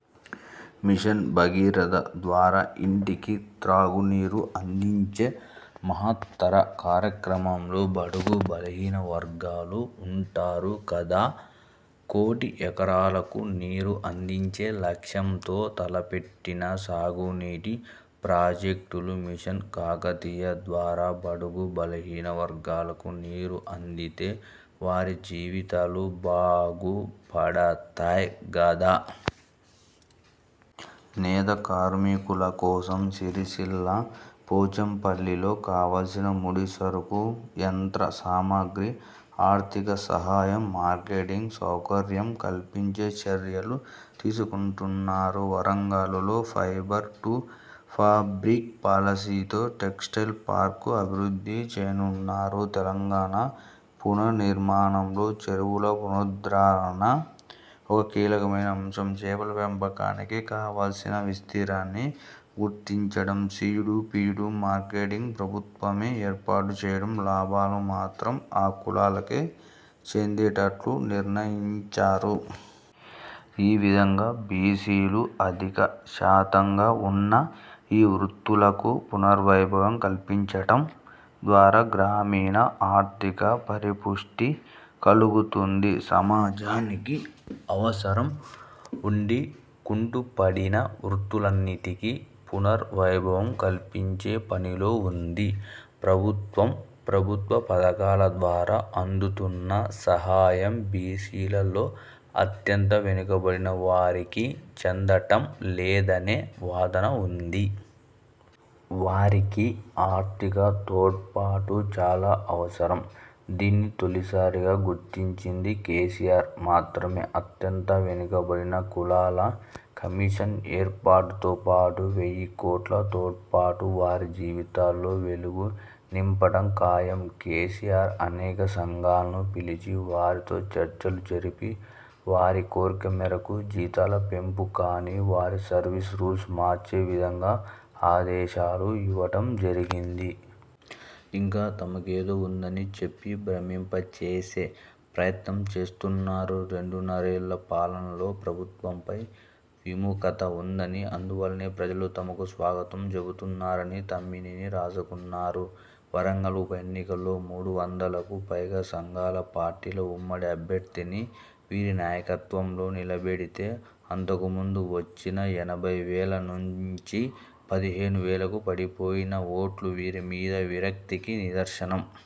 Machine Bhagiratha ద్వారా ఇంటికి త్రాగునీరు అందించే మహత్తర కార్యక్రమంలో బడుగు బలహీన వర్గాలు ఉంటారు కదా. కోటి ఎకరాలకు నీరు అందించే లక్ష్యంతో తలపెట్టిన సాగునీటి ప్రాజెక్టులు, మిషన్ కాకతీయ ద్వారా బడుగు బలహీన వర్గాలకు నీరు అందితే వారి జీవితాలు బాగు పడతై గదా. నేత కార్మికుల కోసం సిరిసిల్ల, పోచంపల్లిలలో కావాల్సిన ముడిసరుకు, యంత్ర సామగ్రి, ఆర్థిక సహాయం, మార్కెటింగ్ సౌకర్యం కల్పించే చర్యలు తీసుకుంటున్నారు. వరంగల్లులో 'ఫైబరు టూ ఫాబ్రిక్' పాలసీతో టెక్స్టైల్ పార్క్ అభివృద్ధి చేయనున్నారు. తెలంగాణ పునర్నిర్మాణంలో చెరువుల వురుద్ధరణ ఒక కీలకమైన అంశం. చేపల పెంపకానికి కావాల్సిన విస్తీరాన్ని గుర్తించడం, సీడు, ఫీడు, మార్కెటింగ్ ప్రభుత్వమే ఏర్పాటుచేయడం, లాభాలను మాత్రం ఆ కులాలకే చెందేటట్లు నిర్ణయించారు. ఈ విధంగా బీసీలు అధిక శాతంగా వున్న ఈ వృత్తులకు పునర్వైభవం కల్పించటం ద్వారా గ్రామీణ ఆర్థిక పరిపుష్టి కలుగుతుంది. సమాజానికి అవసరం ఉండి కుంటుపడిన వృత్తులన్నింటికీ పునర్ వైభవం కల్పించే పనిలో వుంది ప్రభుత్వం. ప్రభుత్వ పథకాల ద్వారా అందుతున్న సహాయం బీసీలలో అత్యంత వెనుకబడిన వారికి చెందటం లేదనే వాదన ఉంది. వారికి ఆర్థిక తోడ్పాటు చాలా అవసరం. దీన్ని తొలిసారిగా గుర్తించింది కేసీఆర్ మాత్రమే. అత్యంత వెనుకబడిన కులాల కమిషన్ ఏర్పాటుతో పాటు వెయ్యి కోట్ల తోడ్పాటు వారి జీవితాల్లో వెలుగు నింపటం ఖాయం. కేసీఆర్ అనేక సంఘాలను పిలిచి వారితో చర్చలు జరిపి వారి కోర్కె మేరకు జీతాల పెంపు కాని, వారి సర్వీస్ రూల్స్ మార్చే విధంగా ఆదేశాలు ఇవ్వడం జరిగింది. ఇంకా తమకేదో ఉందని చెప్పి భ్రమింపచేసే ప్రయత్నం చేస్తున్నారు. రెండున్నరేళ్ళ పాలనలో ప్రభుత్వంపై విముఖత ఉందనీ, అందువల్లనే ప్రజలు తమకు స్వాగతం చెబుతున్నారనీ తమ్మినేని రాసుకున్నారు. వరంగల్ ఉపఎన్నికలో మూడు వందలకు పైగా సంఘాల, పార్టీల ఉమ్మడి అభ్యర్థిని వీరి నాయకత్వంలో నిలబెడితే అంతకుముందు వచ్చిన ఎనభై వేల నుంచి పదిహేను వేలకు పడిపోయిన వోట్లు వీరి మీద విరక్తికి నిదర్శనం.